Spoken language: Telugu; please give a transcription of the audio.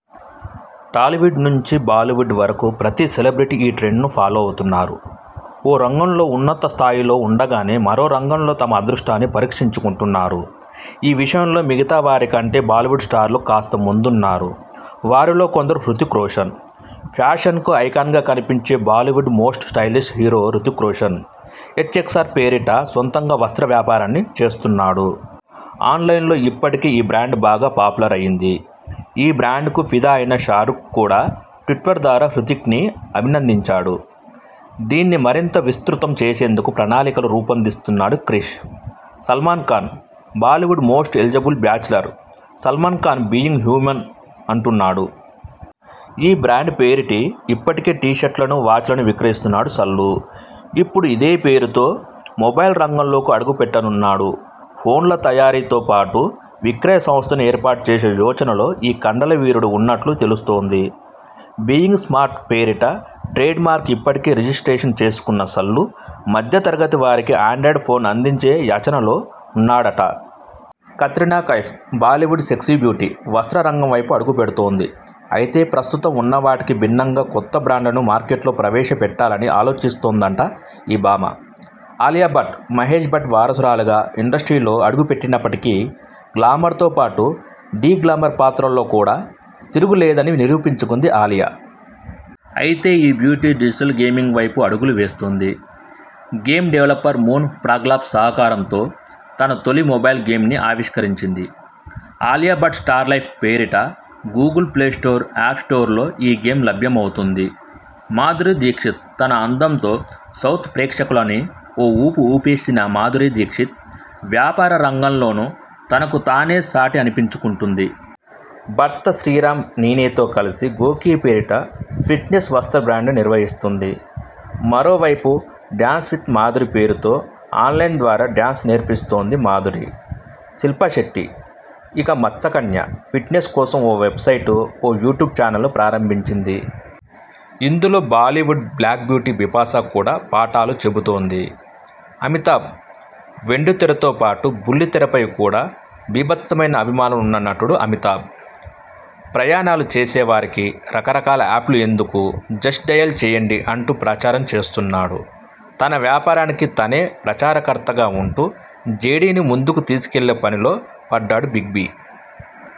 టాలీవుడ్ నుంచి బాలీవుడ్ వరకు ప్రతి సెలెబ్రిటీ ఈ ట్రెండ్ను ఫాలో అవుతున్నారు. ఓ రంగంలో ఉన్నత స్థానంలో ఉండగానే మరో రంగంలో తమ అదృష్టాన్ని పరీక్షించుకుంటున్నారు. ఈ విషయంలో మిగతా వారి కంటే బాలీవుడ్ స్టార్లు కాస్త ముందున్నారు. వారిలో కొందరు హృతిక్ రోషన్: ఫ్యాషన్కు ఐకాన్గా కనిపించే Bollywood most stylish hero Hrithik Roshan 'H X R' పేరిట సొంతంగా వస్త్ర వ్యాపారాన్ని చేస్తున్నాడు. ఆన్లైన్లో ఇప్పటికే ఈ బ్రాండ్ బాగా పాపులర్ అయింది. ఈ బ్రాండ్కు ఫిదా అయిన షారుఖ్ కూడా ట్విట్టర్ ద్వారా హృతిక్ని అభినందించాడు. దీన్ని మరింత విస్తృతం చేసేందుకు ప్రణాళికలు రూపొందిస్తున్నాడు 'Krrish'. Salman Khan: Bollywood most eligible bachelor Salman Khan 'Being Human' అంటున్నాడు. ఈ బ్రాండ్ పేరిటి ఇప్పటికే టీ-షర్టులను, వాచ్లను విక్రయిస్తున్నాడు సల్లూ. ఇప్పుడు ఇదే పేరుతో మొబైల్ రంగంలోకి అడుగుపెట్టనున్నాడు. ఫోన్ల తయారీతో పాటు విక్రయ సంస్థను ఏర్పాటు చేసే యోచనలో ఈ కండలవీరుడు ఉన్నట్లు తెలుస్తోంది. 'బీయింగ్ స్మార్ట్' పేరిట ట్రేడ్ మార్క్ను ఇప్పటికే రిజిస్ట్రేషన్ చేసుకున్న సల్లూ మధ్యతరగతి వారికి ఆండ్రాయిడ్ ఫోన్ అందించే యచనలో ఉన్నాడట. కత్రినా కైఫ్: బాలీవుడ్ సెక్సీబ్యూటీ వస్త్ర రంగంవైపు అడుగు పెడుతోంది. అయితే ప్రస్తుతం ఉన్నవాటికి భిన్నంగా కొత్త బ్రాండ్లను మార్కెట్లో ప్రవేశపెట్టాలని ఆలోచిస్తోందట ఈ భామ. అలియా భట్: మహేష్ భట్ వారసురాలిగా ఇండస్ట్రీలో అడుగుపెట్టినప్పటికీ గ్లమర్తో పాటు డీగ్లామర్ పాత్రల్లో కూడా తిరుగులేదని నిరూపించుకుంది అలియా. అయితే ఈ బ్యూటీ డిజిటల్ గేమింగ్ వైపు అడుగులు వేస్తోంది. గేమ్ డెవలపర్ మూన్ ఫ్రాగ్లాబ్స్ సహకారంతో తన తొలి మొబైల్ గేమ్ని ఆవిష్కరించింది. 'అలియా భట్ స్టార్ లైఫ్' పేరిట గూగుల్ ప్లేస్టోర్, ఆప్ స్టోర్లో ఈ గేమ్ లభ్యమవుతుంది. మాధురీ దీక్షిత్: తన అందంతో సౌత్ ప్రేక్షకులని ఓ ఊపు ఊపేసిన మాధురీ దీక్షిత్ వ్యాపార రంగంలోనూ తనకు తానే సాటి అనిపించుకుంటుంది. భర్త శ్రీరామ్ నీనేతో కలిసి గోకీ పేరిట ఫిట్నెస్ వస్త్ర బ్రాండ్ను నిర్వహిస్తుంది. మరోవైపు 'డాన్స్ విత్ మాధురీ' పేరుతో ఆన్లైన్ డాన్స్ ద్వారా డాన్స్ నేర్పిస్తోంది మాధురీ. శిల్పా శెట్టి: ఇక మత్స్యకన్య ఫిట్నెస్ కోసం ఓ వెబ్సైట్, ఓ యూట్యూబ్ చానల్ ప్రారంభించింది. ఇందులో బాలీవుడ్ బ్లాక్బ్యూటీ బిపాశా కూడా పాఠాలు చెబుతోంది. అమితాబ్: వెండితెరతో పాటు బుల్లితెరపై కూడా 'బీ'భత్సమైన అభిమానులు ఉన్న నటుడు అమితాబ్. ప్రయాణాలు చేసేవారికి రకరకాల ఆప్లు ఎందుకు జస్ట్ డయల్ చేయండి అంటూ ప్రచారం చేస్తున్నాడు. తన వ్యాపారాకి తనే ప్రచారకర్తగా ఉంటూ 'జేడీ'ని ముందుకు తీసుకెళ్లే పనిలో పడ్డాడు బిగ్బి.